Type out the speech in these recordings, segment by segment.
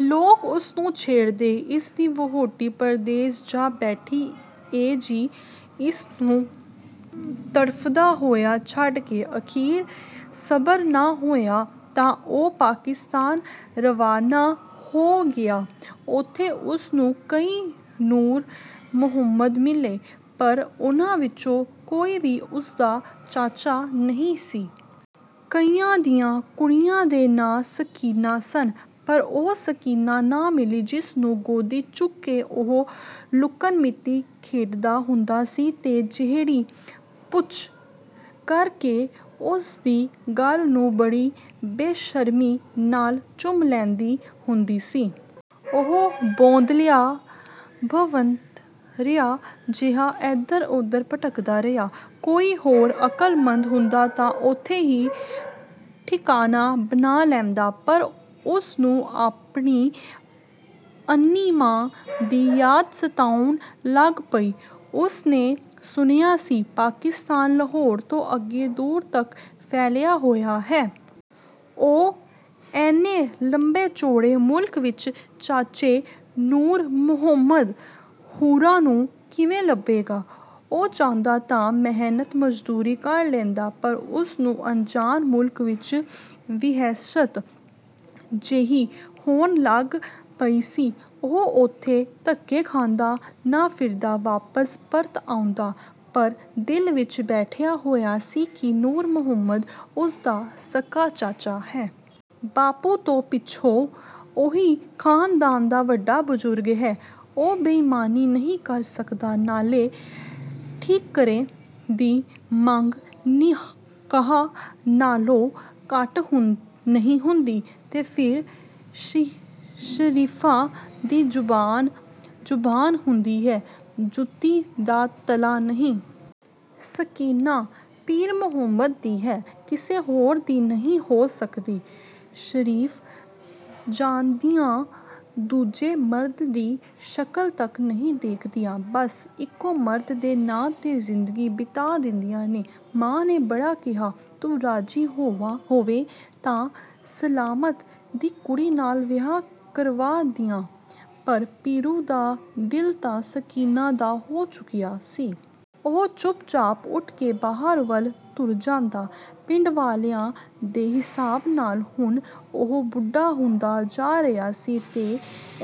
ਲੋਕ ਉਸਨੂੰ ਛੇੜਦੇ, 'ਇਸਦੀ ਵਹੂਟੀ ਪਰਦੇਸ ਜਾ ਬੈਠੀ ਏ ਜੀ, ਇਸਨੂੰ ਤੜਫਦਾ ਹੋਇਆ ਛੱਡ ਕੇ।' ਅਖੀਰ ਸਬਰ ਨਾ ਹੋਇਆ ਤਾਂ ਉਹ ਪਾਕਿਸਤਾਨ ਰਵਾਨਾ ਹੋ ਗਿਆ। ਉੱਥੇ ਉਸਨੂੰ ਕਈ ਨੂਰ ਮੁਹੰਮਦ ਮਿਲੇ, ਪਰ ਉਹਨਾਂ ਵਿੱਚੋਂ ਕੋਈ ਵੀ ਉਸਦਾ ਚਾਚਾ ਨਹੀਂ ਸੀ। ਕਈਆਂ ਦੀਆਂ ਕੁੜੀਆਂ ਦੇ ਨਾਂ ਸਕੀਨਾ ਸਨ, ਪਰ ਉਹ ਸਕੀਨਾ ਨਾ ਮਿਲੀ ਜਿਸਨੂੰ ਗੋਦੀ ਚੁੱਕ ਕੇ ਉਹ ਲੁਕਣ-ਮੀਟੀ ਖੇਡਦਾ ਹੁੰਦਾ ਸੀ ਤੇ ਜਿਹੜੀ 'ਪੁੱਚ' ਕਰਕੇ ਉਸਦੀ ਗੱਲ੍ਹ ਨੂੰ ਬੜੀ ਬੇਸ਼ਰਮੀ ਨਾਲ ਚੁੰਮ ਲੈਂਦੀ ਹੁੰਦੀ ਸੀ। ਉਹ ਬੌਂਦਲਿਆ-ਭੰਵਤਰਿਆ ਜਿਹਾ ਏਧਰ-ਉਧਰ ਭਟਕਦਾ ਰਿਹਾ। ਕੋਈ ਹੋਰ ਅਕਲਮੰਦ ਹੁੰਦਾ ਤਾਂ ਉੱਥੇ ਹੀ ਠਿਕਾਣਾ ਬਣਾ ਲੈਂਦਾ, ਪਰ ਉਸਨੂੰ ਆਪਣੀ ਅੰਨ੍ਹੀ ਮਾਂ ਦੀ ਯਾਦ ਸਤਾਉਣ ਲੱਗ ਪਈ। ਉਸਨੇ ਸੁਣਿਆ ਸੀ, ਪਾਕਿਸਤਾਨ ਲਾਹੌਰ ਤੋਂ ਅੱਗੇ ਦੂਰ ਤੱਕ ਫੈਲਿਆ ਹੋਇਆ ਹੈ। ਉਹ ਏਨੇ ਲੰਮੇ-ਚੌੜੇ ਮੁਲਕ ਵਿੱਚ ਚਾਚੇ ਨੂਰ ਮੁਹੰਮਦ ਹੁਰਾਂ ਨੂੰ ਕਿਵੇਂ ਲੱਭੇਗਾ? ਉਹ ਚਾਹੁੰਦਾ ਤਾਂ ਮਿਹਨਤ-ਮਜ਼ਦੂਰੀ ਕਰ ਲੈਂਦਾ, ਪਰ ਉਸਨੂੰ ਅਣਜਾਣ ਮੁਲਕ ਵਿੱਚ ਵਹਿਸ਼ਤ ਜਿਹੀ ਹੋਣ ਲੱਗ ਪਈ ਸੀ। ਉਹ ਉੱਥੇ ਧੱਕੇ ਖਾਂਦਾ ਨਾ ਫਿਰਦਾ, ਵਾਪਸ ਪਰਤ ਆਉਂਦਾ ਪਰ ਦਿਲ ਵਿੱਚ ਬੈਠਿਆ ਹੋਇਆ ਸੀ ਕਿ ਨੂਰ ਮੁਹੰਮਦ ਉਸਦਾ ਸਕਾ ਚਾਚਾ ਹੈ। ਬਾਪੂ ਤੋਂ ਪਿੱਛੋਂ ਉਹੀ ਖਾਨਦਾਨ ਦਾ ਵੱਡਾ ਬਜ਼ੁਰਗ ਹੈ। ਉਹ ਬੇਈਮਾਨੀ ਨਹੀਂ ਕਰ ਸਕਦਾ। ਨਾਲੇ ਠੀਕਰੇ ਦੀ ਮੰਗ ਨਿਕਾਹ ਨਾਲੋਂ ਘੱਟ ਨਹੀਂ ਹੁੰਦੀ। ਤੇ ਫਿਰ ਸ਼ਰੀਫਾਂ ਦੀ ਜ਼ੁਬਾਨ, ਜ਼ੁਬਾਨ ਹੁੰਦੀ ਹੈ। ਜੁੱਤੀ ਦਾ ਤਲਾ ਨਹੀਂ। ਸਕੀਨਾ ਪੀਰ ਮੁਹੰਮਦ ਦੀ ਹੈ, ਕਿਸੇ ਹੋਰ ਦੀ ਨਹੀਂ ਹੋ ਸਕਦੀ। ਸ਼ਰੀਫ ਜ਼ਾਦੀਆਂ ਦੂਜੇ ਮਰਦ ਦੀ ਸ਼ਕਲ ਤੱਕ ਨਹੀਂ ਦੇਖਦੀਆਂ। ਬੱਸ ਇੱਕੋ ਮਰਦ ਦੇ ਨਾਂ 'ਤੇ ਜ਼ਿੰਦਗੀ ਬਿਤਾ ਦਿੰਦੀਆਂ ਨੇ। ਮਾਂ ਨੇ ਬੜਾ ਕਿਹਾ,"ਤੂੰ ਰਾਜ਼ੀ ਹੋਵੇਂ ਤਾਂ ਸਲਾਮਤ ਦੀ ਕੁੜੀ ਨਾਲ ਵਿਆਹ ਕਰਵਾ ਦਿਆਂ" ਪਰ ਪੀਰੂ ਦਾ ਦਿਲ ਤਾਂ ਸਕੀਨਾ ਦਾ ਹੋ ਚੁੱਕਿਆ ਸੀ। ਉਹ ਚੁੱਪ-ਚਾਪ ਉੱਠ ਕੇ ਬਾਹਰ ਵੱਲ ਤੁਰ ਜਾਂਦਾ। ਪਿੰਡ ਵਾਲਿਆਂ ਦੇ ਹਿਸਾਬ ਨਾਲ ਹੁਣ ਉਹ ਬੁੱਢਾ ਹੁੰਦਾ ਜਾ ਰਿਹਾ ਸੀ ਤੇ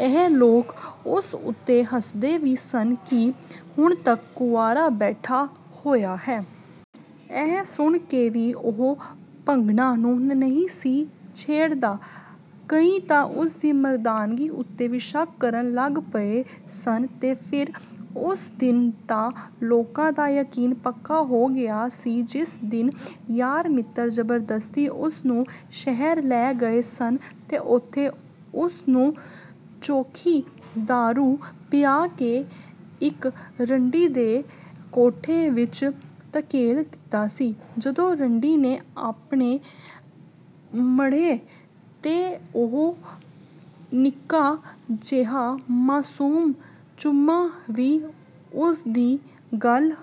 ਇਹ ਲੋਕ ਉਸ ਉੱਤੇ ਹੱਸਦੇ ਵੀ ਸਨ ਕਿ ਹੁਣ ਤੱਕ ਕੁਆਰਾ ਬੈਠਾ ਹੋਇਆ ਹੈ। ਇਹ ਸੁਣ ਕੇ ਵੀ ਉਹ ਭੰਗਣਾ ਨੂੰ ਨਹੀਂ ਸੀ ਛੇੜਦਾ, ਕਈ ਤਾਂ ਉਸਦੀ ਮਰਦਾਨਗੀ ਉੱਤੇ ਵੀ ਸ਼ੱਕ ਕਰਨ ਲੱਗ ਪਏ ਸਨ ਤੇ ਫਿਰ ਉਸ ਦਿਨ ਤਾਂ ਲੋਕਾਂ ਦਾ ਯਕੀਨ ਪੱਕਾ ਹੋ ਗਿਆ ਸੀ ਜਿਸ ਦਿਨ ਯਾਰ-ਮਿੱਤਰ ਜ਼ਬਰਦਸਤੀ ਉਸਨੂੰ ਸ਼ਹਿਰ ਲੈ ਗਏ ਸਨ ਤੇ ਉੱਥੇ ਉਸਨੂੰ ਚੋਖੀ ਦਾਰੂ ਪਿਆ ਕੇ ਇੱਕ ਰੰਡੀ ਦੇ ਕੋਠੇ ਵਿੱਚ ਧਕੇਲ ਦਿੱਤਾ ਸੀ‌‌, ਜਦੋਂ ਰੰਡੀ ਨੇ ਆਪਣੇ ਮੜ੍ਹੇ ਤੇ ਉਹ ਨਿੱਕਾ ਜਿਹਾ ਮਾਸੂਮ ਚੁੰਮਾ ਵੀ ਉਸਦੀ ਗੱਲ੍ਹ।